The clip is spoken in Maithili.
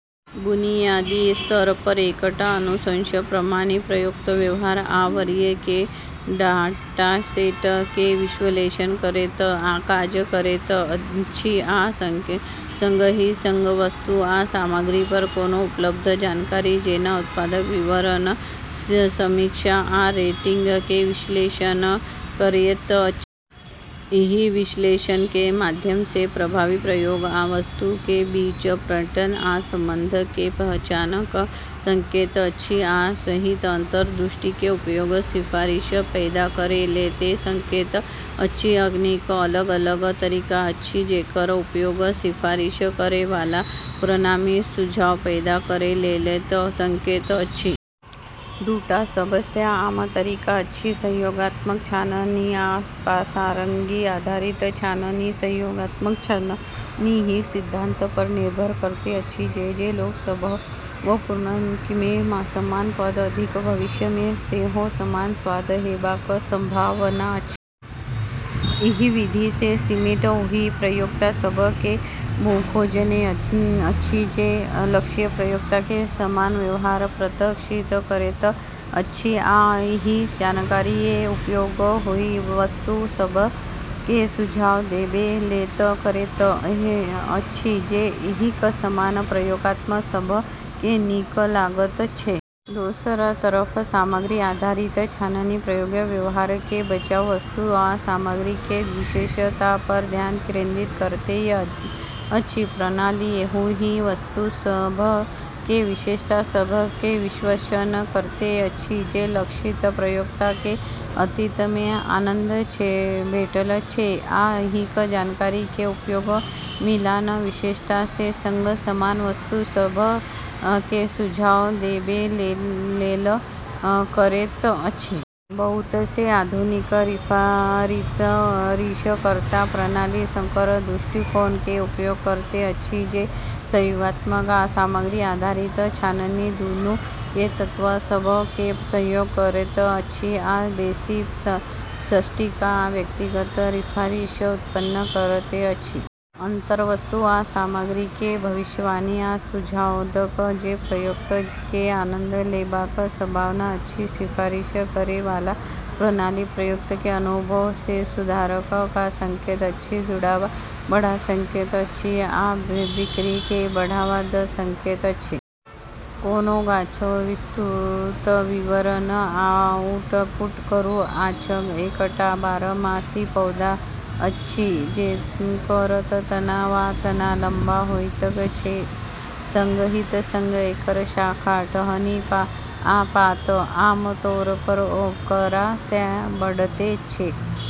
बुनियादी स्तर पर, एकटा अनुशंसक प्रणाली प्रयोक्ता व्यवहार आ वरीयता के डाटासेट के विश्लेषण करैत काज करैत अछि, आ संगहि संग वस्तु या सामग्री पर कोनो उपलब्ध जानकारी, जेना उत्पाद विवरण, समीक्षा आ रेटिंग के विश्लेषण करैत अछि। एहि विश्लेषण के माध्यम सँ प्रणाली प्रयोक्ता आ वस्तु के बीच पैटर्न आ संबंध के पहचान कऽ सकैत अछि आ एहि अंतर्दृष्टि के उपयोग सिफारिश पैदा करै लेल कऽ सकैत अछि। अनेक अलग-अलग तरीका अछि जेकर उपयोग सिफारिश करै वाला प्रणाली सुझाव पैदा करै लेल कऽ सकैत अछि। दू टा सब सँ आम तरीका अछि सहयोगात्मक छाननी आ सामग्री आधारित छाननी। सहयोगात्मक छाननी एहि सिद्धांत पर निर्भर करैत अछि जे जे लोक सभक पूर्व मे समान पसंद अछि, भविष्य मे सेहो समान स्वाद हेबाक संभावना अछि। एहि विधि मे सिस्टम ओहि प्रयोक्ता सभ केँ खोजैत अछि जे लक्षित प्रयोक्ता के समान व्यवहार प्रदर्शित करैत अछि आ एहि जानकारी के उपयोग ओहि वस्तु सभ के सुझाव देबै लेल करैत अछि जे एहि समान प्रयोक्ता सभ केँ नीक लागल छै। दोसर तरफ सामग्री आधारित छाननी प्रयोक्ता व्यवहार के बजाय वस्तु या सामग्री के विशेषता पर ध्यान केंद्रित करैत अछि। प्रणाली ओहि वस्तु सभ के विशेषता सभ के विश्लेषण करैत अछि जे लक्षित प्रयोक्ता केँ अतीत मे आनंद भेटल छै आ एहि जानकारी के उपयोग मिलान विशेषता के संग समान वस्तु सभ के सुझाव देबै लेल करैत अछि। बहुत सँ आधुनिक सिफारिशकर्ता प्रणाली संकर दृष्टिकोण के उपयोग करैत अछि, जे सहयोगात्मक आ सामग्री आधारित छाननी दूनू के तत्व सभ के संयोजन करैत अछि आ बेसि सटीक आ व्यक्तिगत सिफारिश उत्पन्न करैत अछि। अंततः, वस्तु या सामग्री के भविष्यवाणी आ सुझाव दऽ कऽ जे प्रयोक्ता के आनंद लेबाक संभावना अछि, सिफारिश करै वाला प्रणाली प्रयोक्ता के अनुभव मे सुधार कऽ सकैत अछि, जुड़ाव बढ़ा सकैत अछि आ बिक्री केँ बढ़ावा दऽ सकैत अछि। कोनो गाछक विस्तृत विवरण आउटपुट करू। गाछ एकटा बारहमासी पौधा अछि जेकर तना वा तना लम्बा होइत छै, संगहि संग एकर शाखा, टहनी आ पात आम तौर पर ओकरा सँ बढ़ैत छै।